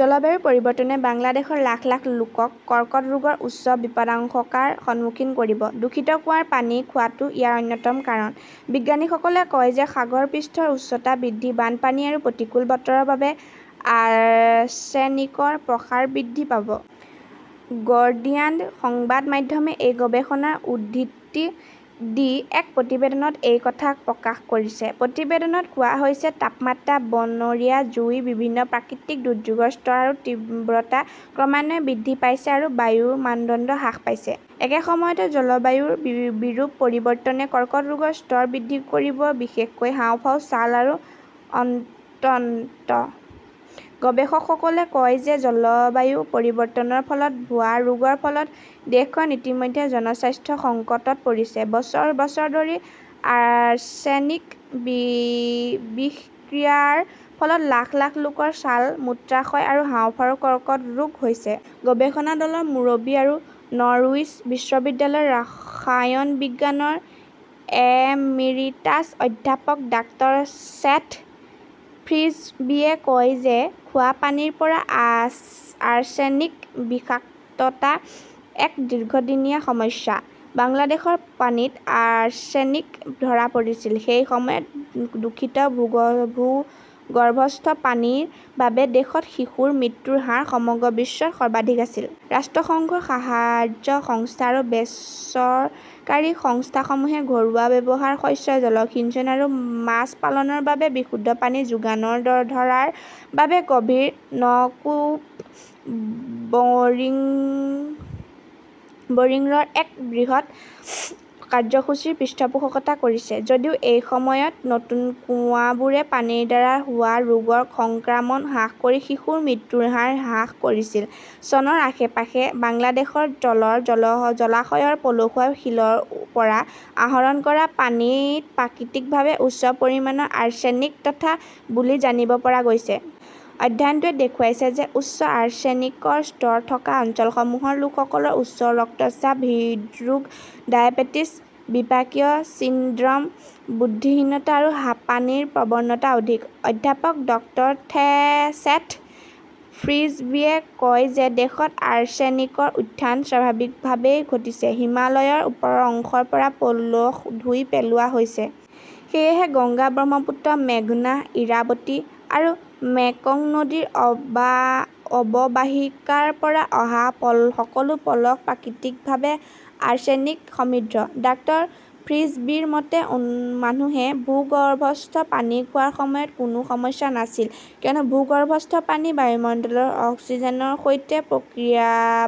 জলবায়ু পৰিৱৰ্তনে বাংলাদেশৰ লাখ লাখ লোকক কৰ্কট ৰোগৰ উচ্চ বিপদাশংকাৰ সন্মুখীন কৰিব। দূষিত কুঁৱাৰ পানী খোৱাটো ইয়াৰ অন্যতম কাৰণ। বিজ্ঞানীসকলে কয় যে সাগৰ পৃষ্ঠৰ উচ্চতা বৃদ্ধি, বানপানী আৰু প্ৰতিকূল বতৰৰ বাবে আৰ্ছেনিকৰ প্ৰসাৰ বৃদ্ধি পাব। গৰ্ডিয়ান সংবাদ মাধ্যমে এই গৱেষণাৰ উদ্ধৃতি দি এক প্ৰতিবেদনত এই কথা প্ৰকাশ কৰিছে। প্ৰতিবেদনত কোৱা হৈছে। তাপমাত্ৰা, বনৰীয়া জুই, বিভিন্ন প্ৰাকৃতিক দুৰ্যোগৰ স্তৰ আৰু তীব্ৰতা ক্ৰমান্বয়ে বৃদ্ধি পাইছে, আৰু বায়ুৰ মানদণ্ড হ্ৰাস পাইছে। একে সময়তে জলবায়ুৰ বিৰূপ পৰিৱৰ্তনে কৰ্কট ৰোগৰ স্তৰ বৃদ্ধি কৰিব, বিশেষকৈ হাঁওফাঁও, ছাল আৰু অন্ত্ৰত। গৱেষকসকলে কয় যে জলবায়ু পৰিৱৰ্তনৰ ফলত হোৱা ৰোগৰ ফলত দেশখন ইতিমধ্যে জনস্বাস্থ্য সংকটত পৰিছে। বছৰ বছৰ ধৰি আৰ্ছেনিক বিষক্ৰিয়াৰ ফলত লাখ লাখ লোকৰ ছাল, মূত্ৰাশয় আৰু হাঁওফাঁওৰ কৰ্কট ৰোগ হৈছে। গৱেষণা দলৰ মুৰব্বী আৰু নৰউইচ বিশ্ববিদ্যালয়ৰ ৰাসায়ন বিজ্ঞানৰ এমিৰিটাছ অধ্যাপক ডাক্তৰ ছেথ ফ্ৰিছবিয়ে কয় যে খোৱা পানীৰ পৰা আৰ্ছেনিক বিষাক্ততা এক দীৰ্ঘদিনীয়া সমস্যা। বাংলাদেশৰ পানীত আৰ্ছেনিক ধৰা পৰিছিল। সেই সময়ত দূষিত ভূগৰ্ভস্থ পানীৰ বাবে দেশত শিশুৰ মৃত্যুৰ হাৰ সমগ্ৰ বিশ্বত সৰ্বাধিক আছিল। ৰাষ্ট্ৰসংঘৰ সাহায্য সংস্থা আৰু বেচৰকাৰী সংস্থাসমূহে ঘৰুৱা ব্যৱহাৰ, শস্য জলসিঞ্চন আৰু মাছ পালনৰ বাবে বিশুদ্ধ পানী যোগানৰ ধৰাৰ বাবে গভীৰ নকূপ বৰিংৰ এক বৃহৎ কাৰ্যসূচীৰ পৃষ্ঠপোষকতা কৰিছে। যদিও এই সময়ত নতুন কুঁৱাবোৰে পানীৰ দ্বাৰা হোৱা ৰোগৰ সংক্ৰামণ হ্ৰাস কৰি শিশুৰ মৃত্যুৰ হাৰ হ্ৰাস কৰিছিল, চনৰ আশে-পাশে বাংলাদেশৰ তলৰ জলাশয়ৰ পলসুৱা শিলৰ পৰা আহৰণ কৰা পানীত প্ৰাকৃতিকভাৱে উচ্চ পৰিমাণৰ আৰ্ছেনিক থকা বুলি জানিব পৰা গৈছিল। আধ্যয়নটোৱে দেখুৱাইছে যে উচ্চ আৰ্ছেনিকৰ স্তৰ থকা অঞ্চলসমূহৰ লোকসকলৰ উচ্চ ৰক্তচাপ, হৃদৰোগ, ডায়েবেটিছ, বিপাকীয় চিনড্ৰম, বুদ্ধিহীনতা আৰু হাঁপানিৰ প্ৰৱণতা অধিক। অধ্যাপক ডক্টৰ ছেথ ফ্ৰিছবিয়ে কয় যে দেশত আৰ্ছেনিকৰ উত্থান স্বাভাৱিকভাৱেই ঘটিছে। হিমালয়ৰ ওপৰৰ অংশৰ পৰা পলস ধুই পেলোৱা হৈছে। সেয়েহে গংগা, ব্ৰহ্মপুত্ৰ, মেঘনা, ইৰাবতী আৰু মেকং নদীৰ অৱবাহিকাৰ পৰা অহা সকলো পলস প্ৰাকৃতিকভাৱে আৰ্ছেনিক সমৃদ্ধ। ডাক্তৰ ফ্ৰিছবীৰ মতে, মানুহে ভূগৰ্ভস্থ পানী খোৱাৰ সময়ত কোনো সমস্যা নাছিল, কিয়নো ভূগৰ্ভস্থ পানী বায়ুমণ্ডলৰ অক্সিজেনৰ সৈতে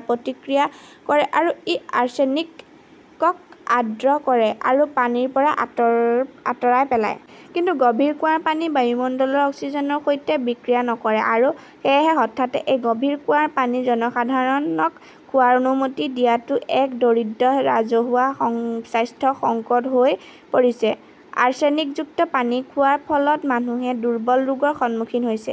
প্ৰতিক্ৰিয়া কৰে আৰু ই আৰ্ছেনিকক আৰ্দ্ৰ কৰে আৰু পানীৰ পৰা আঁতৰাই পেলায়। কিন্তু গভীৰ কুঁৱাৰ পানী বায়ুমণ্ডলৰ অক্সিজেনৰ সৈতে বিক্ৰিয়া নকৰে। আৰু সেয়েহে হঠাতে এই গভীৰ কুঁৱাৰ পানী জনসাধাৰণক খোৱাৰ অনুমতি দিয়াটো এক দৰিদ্ৰ ৰাজহুৱা স্বাস্থ্য সংকট হৈ পৰিছে। আৰ্ছেনিকযুক্ত পানী খোৱাৰ ফলত মানুহে দুৰ্বল ৰোগৰ সন্মুখীন হৈছে।